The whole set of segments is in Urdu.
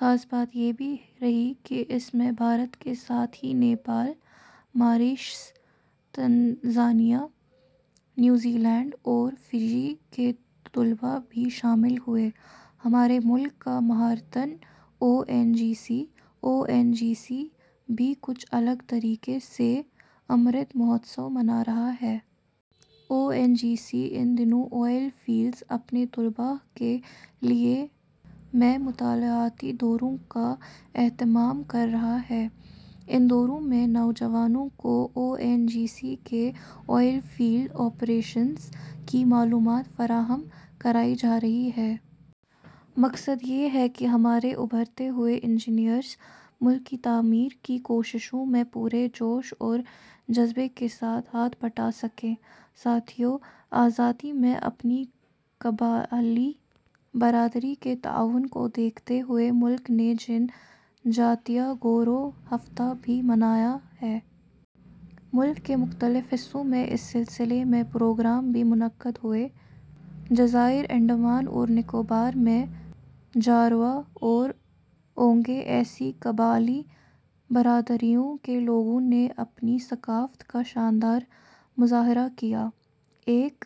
خاص بات یہ بھی رہی کہ اس میں بھارت کے ساتھ ہی Nepal, Mauritius, Tanzania, New Zealand اور فجی کے طلبا بھی شامل ہوئے۔ ہمارے ملک کا مہارتن او این جی سی۔ او این جی سی بھی کچھ الگ طریقے سے امرت مہوتسو منا رہا ہے۔ او این جی سی ان دنوں آئل فیلڈز اپنے طلباء کے لیے میں مطالعاتی دوروں کا اہتمام کر رہا ہے۔ ان دوروں میں، نوجوانوں کو او این جی سی کے آئل فیلڈ آپریشنز کی معلومات فراہم کرائی جارہی ہے۔ مقصد یہ ہے کہ ہمارے ابھرتے ہوئے انجینئرز ملک کی تعمیر کی کوششوں میں پورے جوش اور جذبے کے ساتھ ہاتھ بٹا سکیں۔ ساتھیو، آزادی میں اپنی قبائلی برادری کے تعاون کو دیکھتے ہوئے ملک نے جن جاتیہ گورو ہفتہ بھی منایا ہے۔ ملک کے مختلف حصوں میں اس سلسلے میں پروگرام بھی منعقد ہوئے۔ جزائر انڈمان اور نکوبار میں، جاروا اور اونگے، ایسی قبائلی برادریوں کے لوگوں نے اپنی ثقافت کا شاندار مظاہرہ کیا۔ ایک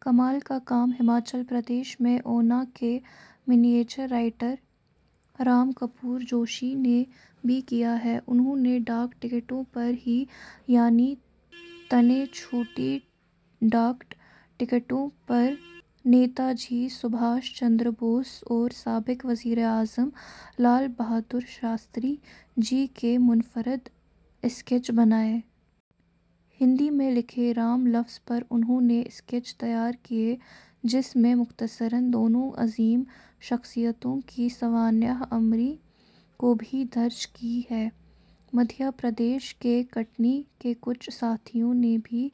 کمال کا کام ہماچل پردیش میں اونا کے miniature writer Ram Kumar Joshi نے بھی کیا ہے، انہوں نے ڈاک ٹکٹوں پر ہی یعنی تنے چھوٹی ڈاکٹ ٹکٹوں پر نیتا جی سبھاش چندر بوس اور سابق وزیر اعظم لال بہادر شاستری جی کے منفرد اسکیچ بنائے۔ ہندی میں لکھے 'رام' لفظ پر انہوں نے اسکیچ تیار کئے جس میں مختصراً دونوں عظیم شخصیتوں کی سوانح عمری کو بھی درج کی ہے۔ مدھیہ پردیش کے کٹنی کے کچھ ساتھیوں نے بھی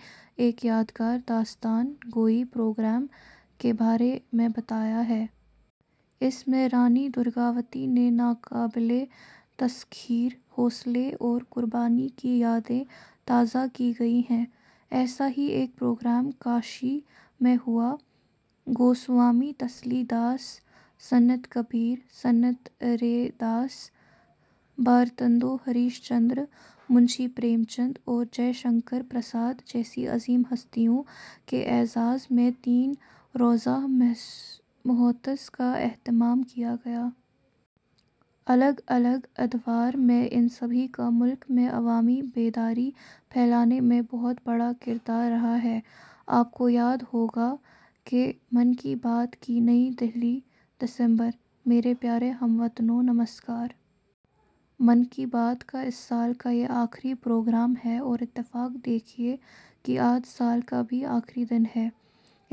ایک یادگار داستان گوئی پروگرام کے بارے میں بتایا ہے۔ اس میں رانی درگاوتی کے ناقابل تسخیر حوصلے اور قربانی کی یادیں تازہ کی گئی ہیں۔ ایسا ہی ایک پروگرام کاشی میں ہوا۔ گوسوامی تلسی داس، سنت کبیر، سنت رے داس، بھارتندو ہریش چندر، منشی پریم چند اور جے شنکر پرساد جیسی عظیم ہستیوں کے اعزاز میں تین روزہ مہوتس کا اہتمام کیا گیا۔ الگ الگ ادوار میں ان سبھی کا ملک میں عوامی بیداری پھیلانے میں بہت بڑا کردار رہا ہے۔ آپ کو یاد ہوگا ں کہ 'من کی بات' کی. نئی دہلی۔ دسمبر ؛ میرے پیارے ہم وطنوں، نمسکار۔ من کی بات کا اس سال کا یہ آخری پروگرام ہے اور اتفاق دیکھیے کہ آج، سال کا بھی آخری دن ہے۔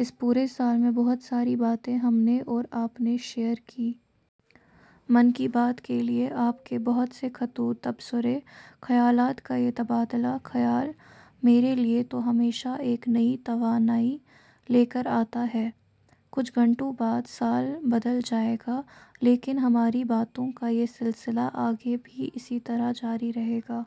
اس پورے سال میں بہت ساری باتیں ہم نے اور آپنے شیئر کی۔ من کی بات کے لیے آپ کے بہت سے خطوط، تبصرے ، خیالات کا یہ تبادلۂ خیال ، میرے لیے تو ہمیشہ ایک نئی توانائی لے کر آتا ہے۔ کچھ گھنٹوں بعد، سال بدل جائے گا لیکن ہماری باتوں کا یہ سلسلہ آگے بھی اسی طرح جاری رہے گا۔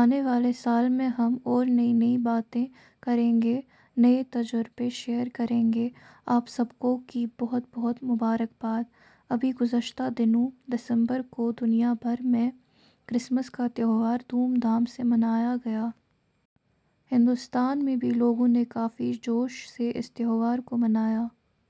آنے والے سال میں ہم ، اور نئی نئی باتیں کریں گے، نئے تجربے شیئر کریں گے۔ آپ سب کو کی بہت بہت مبارکباد۔ ابھی گزشتہ دنوں دسمبر کو دنیا بھر میں کرسمس کا تہوار دھوم دھام سے منایا گیا۔ ہندوستان میں بھی لوگوں نے کافی جوش سے اس تہوار کو منایا۔